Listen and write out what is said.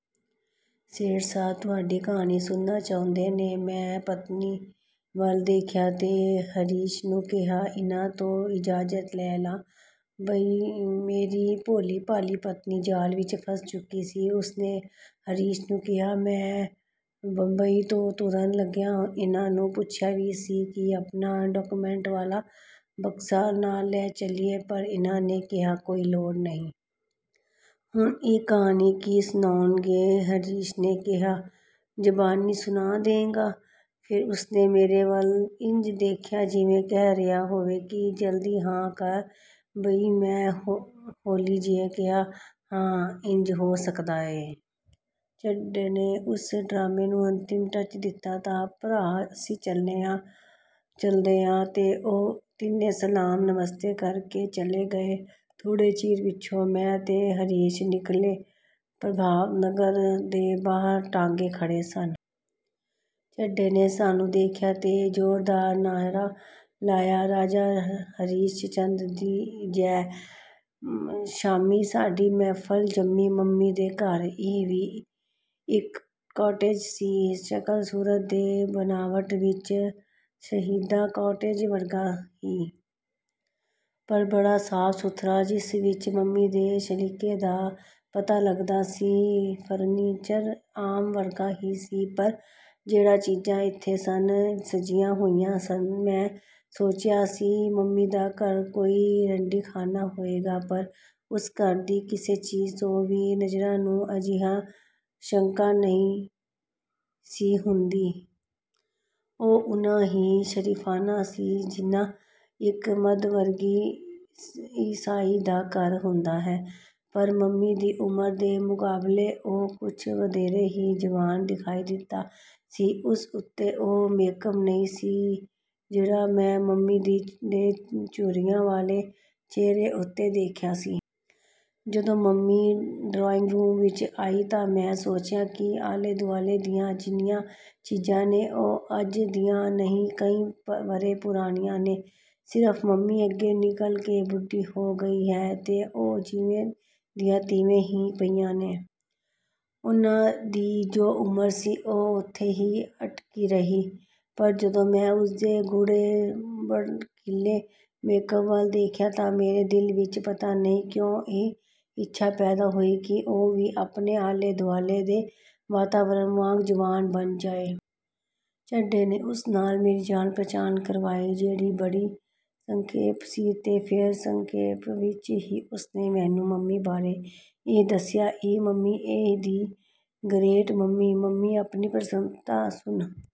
ਸੇਠ ਸਾਹਬ ਤੁਹਾਡੀ ਕਹਾਣੀ ਸੁਣਨਾ ਚਾਹੁੰਦੇ ਨੇ। "ਮੈਂ ਪਤਨੀ ਵੱਲ ਦੇਖਿਆ ਤੇ ਹਰੀਸ਼ ਨੂੰ ਕਿਹਾ, "ਇਹਨਾਂ ਤੋਂ ਇਜਾਜ਼ਤ ਲੈ ਲਾ ਬਈ। "ਮੇਰੀ ਭੋਲੀ-ਭਾਲੀ ਪਤਨੀ ਜਾਲ ਵਿਚ ਫਸ ਚੁੱਕੀ ਸੀ। ਉਸਨੇ ਹਰੀਸ਼ ਨੂੰ ਕਿਹਾ, "ਮੈਂ ਬੰਬਈ ਤੋਂ ਤੁਰਨ ਲੱਗਿਆਂ ਇਹਨਾਂ ਨੂੰ ਪੁੱਛਿਆ ਵੀ ਸੀ ਕਿ ਆਪਣਾ ਡਾਕੂਮੈਂਟ ਵਾਲਾ ਬਕਸਾ ਨਾਲ ਲੈ ਚੱਲੀਏ, ਪਰ ਇਹਨਾਂ ਨੇ ਕਿਹਾ, ਕੋਈ ਲੋੜ ਨਹੀਂ। ਹੁਣ ਇਹ ਕਹਾਣੀ ਕੀ ਸੁਣਾਉਣਗੇ? " ਹਰੀਸ਼ ਨੇ ਕਿਹਾ, "ਜਬਾਨੀ ਸੁਣਾ ਦੇਂਗਾ। " ਫੇਰ ਉਸਨੇ ਮੇਰੇ ਵੱਲ ਇੰਜ ਦੇਖਿਆ, ਜਿਵੇਂ ਕਹਿ ਰਿਹਾ ਹੋਵੇ ਕਿ ਜਲਦੀ ਹਾਂ ਕਹਿ ਬਈ। ਮੈਂ ਹੌਲੀ ਜਿਹੇ ਕਿਹਾ, "ਹਾਂ, ਇੰਜ ਹੋ ਸਕਦਾ ਏ। " ਚੱਡੇ ਨੇ ਉਸ ਡਰਾਮੇਂ ਨੂੰ ਅੰਤਿਮ ਟੱਚ ਦਿੱਤਾ, "ਤਾਂ ਭਰਾ ਅਸੀਂ ਚੱਲਦੇ ਆਂ। "ਤੇ ਉਹ ਤਿੰਨੇ ਸਲਾਮ-ਨਮਸਤੇ ਕਰਕੇ ਚਲੇ ਗਏ। ਥੋੜ੍ਹੇ ਚਿਰ ਪਿੱਛੋਂ ਮੈਂ ਤੇ ਹਰੀਸ਼ ਨਿਕਲੇ। ਪ੍ਰਭਾਤਨਗਰ ਦੇ ਬਾਹਰ ਤਾਂਗੇ ਖੜ੍ਹੇ ਸਨ। ਚੱਡੇ ਨੇ ਸਾਨੂੰ ਦੇਖਿਆ ਤੇ ਜ਼ੋਰਦਾਰ ਨਾਅਰਾ ਲਾਇਆ, "ਰਾਜਾ ਹਰੀਸ਼ ਚੰਦਰ ਦੀ, ਜੈ! "ਸ਼ਾਮੀਂ ਸਾਡੀ ਮਹਿਫਲ ਜੰਮੀ, ਮੰਮੀ ਦੇ ਘਰ। ਇਹ ਵੀ ਇਕ ਕਾਟੇਜ ਸੀ। ਸਕਲ ਸੂਰਤ ਤੇ ਬਨਾਵਟ ਵਿਚ ਸਈਦਾ ਕਾਟੇਜ ਵਰਗਾ ਹੀ। ਪਰ ਬੜਾ ਸਾਫ-ਸੁਥਰਾ, ਜਿਸ ਵਿਚ ਮੰਮੀ ਦੇ ਸਲੀਕੇ ਦਾ ਪਤਾ ਲੱਗਦਾ ਸੀ। ਫਰਨੀਚਰ ਆਮ ਵਰਗਾ ਹੀ ਸੀ, ਪਰ ਜਿਹੜੀਆਂ ਚੀਜਾਂ ਇੱਥੇ ਸਨ, ਸਜੀਆਂ ਹੋਈਆਂ ਸਨ। ਮੈਂ ਸੋਚਿਆ ਸੀ ਮੰਮੀ ਦਾ ਘਰ ਕੋਈ ਰੰਡੀਖਾਨਾ ਹੋਏਗਾ, ਪਰ ਉਸ ਘਰ ਦੀ ਕਿਸੇ ਚੀਜ ਤੋਂ ਵੀ ਨਜਰਾਂ ਨੂੰ ਅਜਿਹੀ ਸ਼ੰਕਾ ਨਹੀਂ ਸੀ ਹੁੰਦੀ। ਉਹ ਓਨਾਂ ਹੀ ਸਰੀਫ਼ਾਨਾ ਸੀ ਜਿੰਨਾਂ ਇਕ ਮੱਧ ਵਰਗੀ ਈਸਾਈ ਦਾ ਘਰ ਹੁੰਦਾ ਹੈ। ਪਰ ਮੰਮੀ ਦੀ ਉਮਰ ਦੇ ਮੁਕਾਬਲੇ ਉਹ ਕੁਝ ਵਧੇਰੇ ਹੀ ਜਵਾਨ ਦਿਖਾਈ ਦਿੱਤਾ ਸੀ। ਉਸ ਉੱਤੇ ਉਹ ਮੇਕਅੱਪ ਨਹੀਂ ਸੀ, ਜਿਹੜਾ ਮੈਂ ਮੰਮੀ ਦੇ ਝੁਰੜੀਆਂ ਵਾਲੇ ਚਿਹਰੇ ਉੱਤੇ ਦੇਖਿਆ ਸੀ। ਜਦੋਂ ਮੰਮੀ ਡਰਾਇੰਗ ਰੂਮ ਵਿਚ ਆਈ ਤਾਂ ਮੈਂ ਸੋਚਿਆ ਕਿ ਆਲੇ-ਦੁਆਲੇ ਦੀਆਂ ਜਿੰਨੀਆਂ ਚੀਜਾਂ ਨੇ, ਉਹ ਅੱਜ ਦੀਆਂ ਨਹੀਂ ਕਈ ਵਰ੍ਹੇ ਪੁਰਾਣੀਆਂ ਨੇ, ਸਿਰਫ ਮੰਮੀ ਅੱਗੇ ਨਿਕਲ ਕੇ ਬੁੱਢੀ ਹੋ ਗਈ ਹੈ ਤੇ ਉਹ ਜਿਵੇਂ ਦੀਆਂ ਤਿਵੇਂ ਹੀ ਪਈਆਂ ਨੇ। ਉਹਨਾਂ ਦੀ ਜੋ ਉਮਰ ਸੀ, ਉਹ ਉੱਥੇ ਹੀ ਅਟਕੀ ਰਹੀ। ਪਰ ਜਦੋਂ ਮੈਂ ਉਸਦੇ ਗੂੜ੍ਹੇ ਭੜਕੀਲੇ ਮੇਕਅੱਪ ਵੱਲ ਦੇਖਿਆ ਤਾਂ ਮੇਰੇ ਦਿਲ ਵਿਚ ਪਤਾ ਨਹੀਂ ਕਿਉਂ, ਇਹ ਇੱਛਾ ਪੈਦਾ ਹੋਈ ਕਿ ਉਹ ਵੀ ਆਪਣੇ ਆਲੇ-ਦੁਆਲੇ ਦੇ ਵਾਤਾਵਰਣ ਵਾਂਗ ਜਵਾਨ ਬਣ ਜਾਏ। ਚੱਡੇ ਨੇ ਉਸ ਨਾਲ ਮੇਰੀ ਜਾਣ-ਪਛਾਣ ਕਰਵਾਈ, ਜਿਹੜੀ ਬੜੀ ਸੰਖੇਪ ਸੀ ਤੇ ਫੇਰ ਸੰਖੇਪ ਵਿਚ ਹੀ ਉਸਨੇ ਮੈਨੂੰ ਮੰਮੀ ਬਾਰੇ ਇਹ ਦੱਸਿਆ, "ਇਹ ਮੰਮੀ ਏਂ, ਦੀ ਗਰੇਟ ਮੰਮੀ। "ਮੰਮੀ ਆਪਣੀ ਪ੍ਰਸ਼ੰਸਾ ਸੁਣ